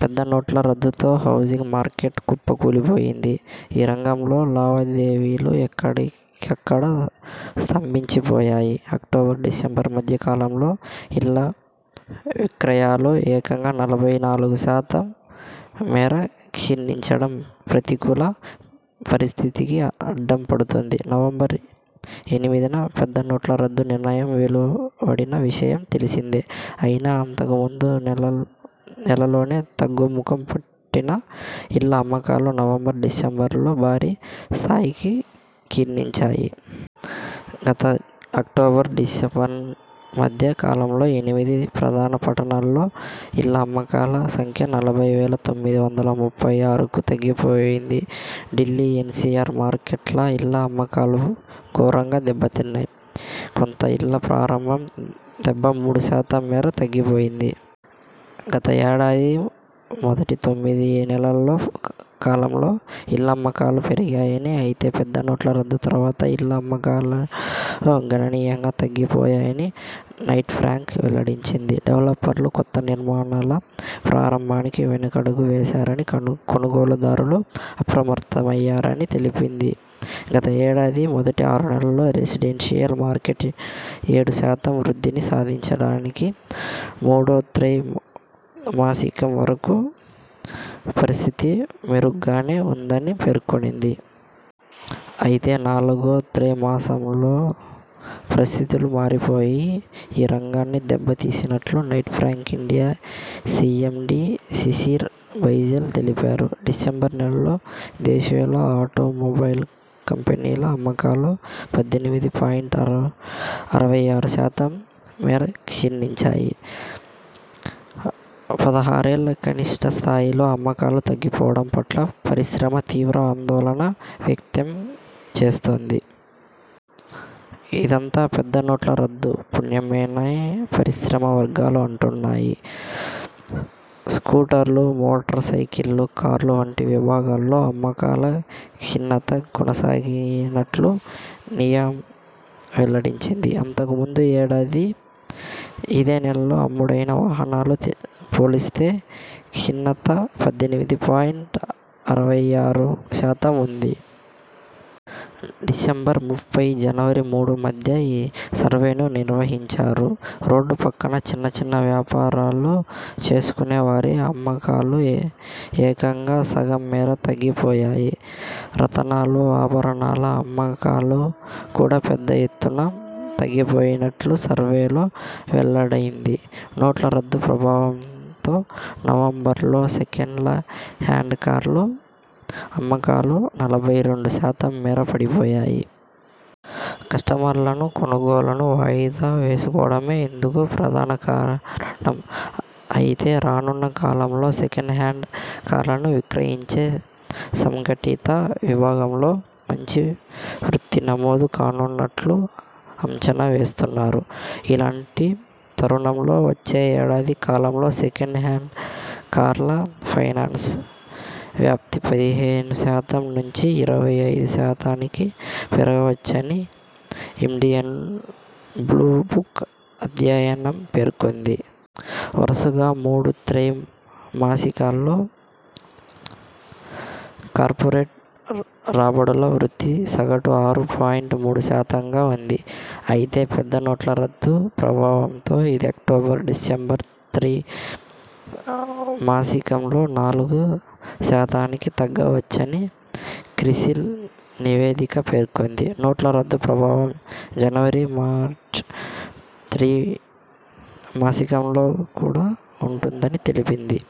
పెద్ద నోట్ల రద్దుతో housing market కుప్ప కూలిపోయింది. ఈ రంగంలో లావా దేవీలు ఎక్కడి కక్కడ స్తంభించిపోయాయి. అక్టోబర్, డిసెంబర్ మధ్య కాలంలో ఇళ్ల విక్రయాలు ఏకంగా నలభై నాలుగు శాతం మేర క్షీణించడం ప్రతికూల పరిస్థితికి అద్దం పడుతోంది. నవంబర్ ఎనిమిదిన పెద్ద నోట్ల రద్దు నిర్ణయం వెలు వడిన విషయం తెలిసిందే అయితే అంతకు ముందు నెలలోనే తగ్గు ముఖం పట్టిన ఇళ్ల అమ్మకాలు నవంబర్, డిసెంబర్లో భారీ స్థాయిలో క్షీణించాయి. గత అక్టోబర్ డిసెంబర్ మధ్య కాలంలో ఎనిమిది ప్రధాన పట్టణాల్లో ఇళ్ల అమ్మకాల సంఖ్య నలభై వేల తొమ్మిది వందల ముప్పై ఆరుకు తగ్గి పోయింది ఢిల్లీ, ఎన్సిఆర్ మార్కెట్లో ఇళ్ల అమ్మకాలు ఘోరంగా దెబ్బతిన్నాయి. కొత్త ఇళ్ల ప్రారంభం డెబ్బై మూడు శాతం మేర తగ్గిపోయింది. గత ఏడాది మొదటి తొమ్మిది నెలల కాలంలో ఇళ్ల అమ్మకాలు పెరిగాయని, అయితే పెద్ద నోట్ల రద్దు తర్వాత ఇళ్ల అమ్మకాలు గణనీయంగా తగ్గి పోయాయని నైట్ఫ్రాంక్ వెల్లడించింది. డెవలపర్లు కొత్త నిర్మాణాల ప్రారంభానికి వెనకడుగు వేశారని, కొనుగోలు దారులు అప్రమత్తమయ్యారని తెలిపింది. గత ఏడాది మొదటి ఆరు నెలల్లో రెసిడెన్షియల్ మార్కెట్ ఏడు శాతం వృద్ధిని సాధించిందని, మూడో త్రై మాసికం వరకు పరిస్థితి మెరుగ్గానే ఉందని పేర్కొంది. అయితే నాలుగో త్రై మాసికంలోనే పరిస్థితులు మారిపోయి ఈ రంగాన్ని దెబ్బ తీసినట్టు Knight Frank India CMD Shishir Baijal తెలిపారు. డిసెంబర్ నెలలో దేశీయ ఆటో మొబైల్ కంపెనీల అమ్మకాలు పద్దెనిమిది పాయింట్ అరవై ఆరు శాతం మేర క్షీణించాయి. పదహారేళ్ల కనిష్ఠ స్థాయిలో అమ్మకాలు తగ్గిపోవడం పట్ల పరిశ్రమ తీవ్ర ఆందోళన వ్యక్తం చేస్తోంది. ఇదంతా పెద్ద నోట్ల రద్దు పుణ్యమేనని పరిశ్రమ వర్గాలు అంటున్నాయి. స్కూ టర్లు, మోటార్ సైకిళ్లు, కార్లు వంటి విభాగాల్లో అమ్మకాల క్షీణత కొనసాగినట్టు సియామ్ వెల్లడించింది. అంతకు ముందు ఏడాది ఇదే నెలలో అమ్ముడైన వాహనాలతో పోల్చితే క్షీణత పద్దెనిమిది పాయింట్ అరవై ఆరు శాతంగా ఉంది. డిసెంబర్ ముప్పై, జనవరి మూడు మధ్య ఈ సర్వేను నిర్వహించారు. రోడ్డు పక్కన చిన్న చిన్న వ్యాపారాలు చేసుకునే వారి అమ్మకాలు ఏకంగా సగం మేర తగ్గి పోయాయి. రతనాలు, ఆభరణాల అమ్మకాలు కూడా పెద్ద ఎత్తున తగ్గి పోయినట్టు సర్వేలో వెల్లడైంది. నోట్ల రద్దు ప్రభావంతో నవంబర్లో సెకండ్ హ్యాండ్ కార్ల అమ్మకాలు నలభై రెండు శాతం మేర పడి పోయాయి. కస్టమర్లు కొనుగోళ్లను వాయిదా వేసుకోవడమే ఇందుకు ప్రధాన కారణం. అయితే రానున్న కాలంలో సెకండ్ హ్యాండ్ కార్లను విక్రయించే సంఘటిత విభాగంలో మంచి వృద్ధి నమోదు కానున్నట్టు అంచనా వేస్తున్నారు. ఇలాంటి తరుణంలో వచ్చే ఏడాది కాలంలో సెకండ్ హ్యాండ్ కార్ల ఫైనాన్స్ వ్యాప్తి పదిహేను శాతం నుంచి ఇరవై ఐదు శాతానికి పెరగవచ్చని ఇండియన్ బ్లూ బుక్ అధ్యయనం పేర్కొంది. వరుసగా మూడు త్రై మాసికాల్లో కార్పొరేట్ రాబడుల వృద్ధి సగటున ఆరు పాయింట్ మూడు శాతంగా ఉంది. అయితే పెద్ద నోట్ల రద్దు ప్రభావంతో ఇది అక్టోబర్, డిసెంబర్ త్రై మాసికంలో నాలుగు శాతానికి తగ్గవచ్చని క్రిసిల్ నివేదిక పేర్కొంది. నోట్ల రద్దు ప్రభావం జనవరి, మార్చి త్రీమాసికంలో కూడా ఉంటుందని తెలిపింది.